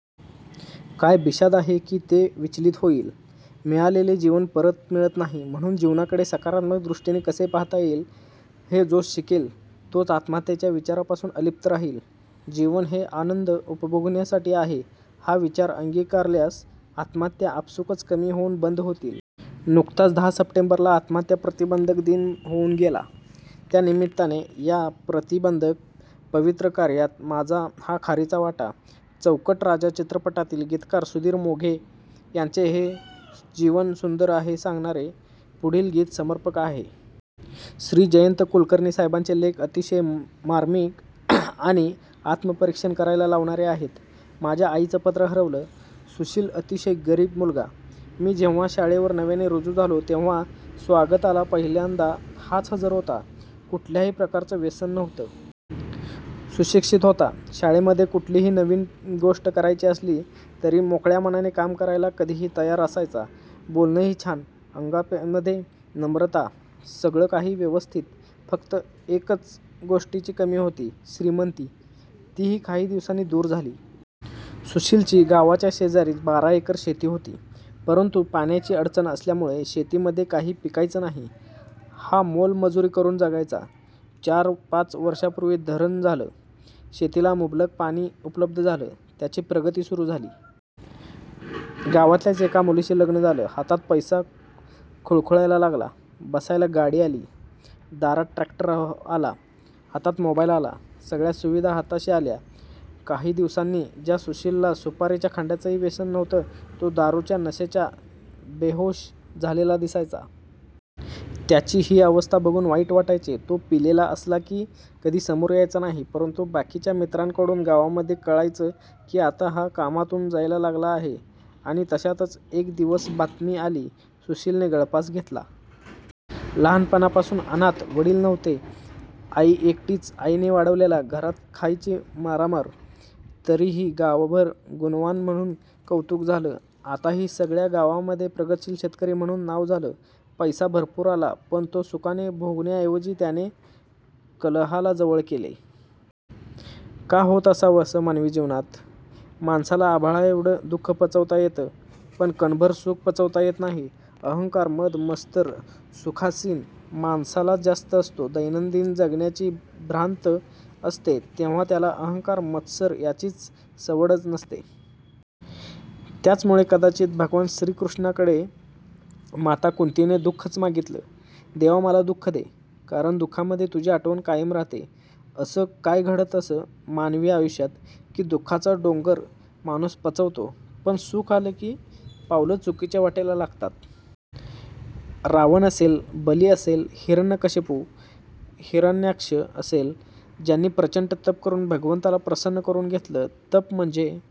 काय बिशाद आहे की ते विचलित होईल! मिळालेलं जीवन परत मिळत नाही म्हणून जीवनाकडे सकारात्मक दृष्टीने कसे पाहता येईल हे जो शिकेल तोच आत्महत्येच्या विचारापासून अलिप्त राहील. जीवन हे आनंद उपभोगण्यासाठी आहे हा विचार अंगीकारल्यास आत्महत्या आपसूकच कमी होऊन बंद होतील! नुकताच दहा सप्टेंबरला आत्महत्या प्रतिबंधक दिन होऊन गेला. त्या निमित्ताने या प्रतिबंधक पवित्र कार्यात माझा हा खारीचा वाटा! चौकट राजा चित्रपटातील गीतकार सुधीर मोघे यांचे हे जीवन सुंदर आहे सांगणारे पुढील गीत समर्पक आहे. श्री. जयंत कुलकर्णी साहेबांचे लेख अतिशय र्मामीक आणि आत्मपरीक्षण करायला लावणारे असतात. माझ्या आईचं पत्र हरवलं! सुशील अतिशय गरीब मुलगा. मी जेव्हा शाळेवर नव्याने रुजू झालो तेव्हा स्वागताला पहिल्यांदा हाच हजर होता. कुठल्याही प्रकारचं व्यसन नव्हतं. सुशिक्षित होता. शाळेमध्ये कुठलीही नवीन गोष्ट करायची असली तरी मोकळ्या मनाने काम करायला कधीही तयार असायचा. बोलणंही छान. अंगामध्ये नम्रता. सगळं काही व्यवस्थित. फक्त एकाच गोष्टीची कमी होती. श्रीमंती. तीही काही दिवसांनी दूर झाली. सुशीलची गावाच्या शेजारीच बारा एकर शेती होती, परंतु पाण्याची अडचण असल्यामुळे शेतीमध्ये काही पिकायचं नाही. हा मोलमजुरी करून जगायचा. चार पाच वर्षांपूर्वी धरण झालं. शेतीला मुबलक पाणी उपलब्ध झालं. त्याची प्रगती सुरू झाली. गावातल्याच एका मुलीशी लग्न झालं. हातात पैसा खुळखुळायला लागला. बसायला गाडी आली. दारात ट्रॅक्टर आला. हातात मोबाईल आला. सगळ्या सुविधा हाताशी आल्या. काही दिवसांनी ज्या सुशीलला सुपारीच्या खांडाचंही व्यसन नव्हतं, तो दारूच्या नशेमध्ये बेहोष झालेला दिसायचा. त्याची ही अवस्था बघून वाईट वाटायचं. तो पिलेला असला की कधी समोर यायचा नाही, परंतु बाकीच्या मित्रांकडून गावांमध्ये कळायचं की आता हा कामातून जायला लागला आहे आणि तशातच एक दिवस बातमी आली, सुशिलने गळफास घेतला! लहानपणापासून अनाथ. वडील नव्हते. आई एकटीच. आईने वाढवलेला. घरात खायची मारामार, तरीही गावभर गुणवान म्हणून कौतुक झालं. आताही सगळ्या गावामध्ये प्रगतीशील शेतकरी म्हणून नाव झालं. पैसा भरपूर आला, पण तो सुखाने भोगण्याऐवजी त्याने कलहाला जवळ केलं. का होत असावं असं मानवी जीवनात? माणसाला आभाळाएवढं दुःख पचवता येतं पण कणभर सुख पचवता येत नाही. अहंकार, मद, मत्सर, सुखासीन माणसालाच जास्त असतो. दैनंदिन जगण्याची भ्रांत असते तेव्हा त्याला अहंकार, मत्सर यासाठी सवडच नसते. त्याचमुळे कदाचित भगवान श्रीकृष्णाकडे माता कुंतीने दुःखंच मागितलं, देवा मला दुःख दे, कारण दुःखामध्ये तुझी आठवण कायम राहते. असं काय घडतं असं मानवी आयुष्यात, की दुःखाचा डोंगर माणूस पचवतो, पण सुख आलं की पावलं चुकीच्या वाटेला लागतात. रावण असेल, बली असेल, हिरण्यकश्यपू, हिरण्याक्ष असेल ज्यांनी प्रचंड तप करून भगवंताला प्रसन्न करून घेतलं. तप म्हणजे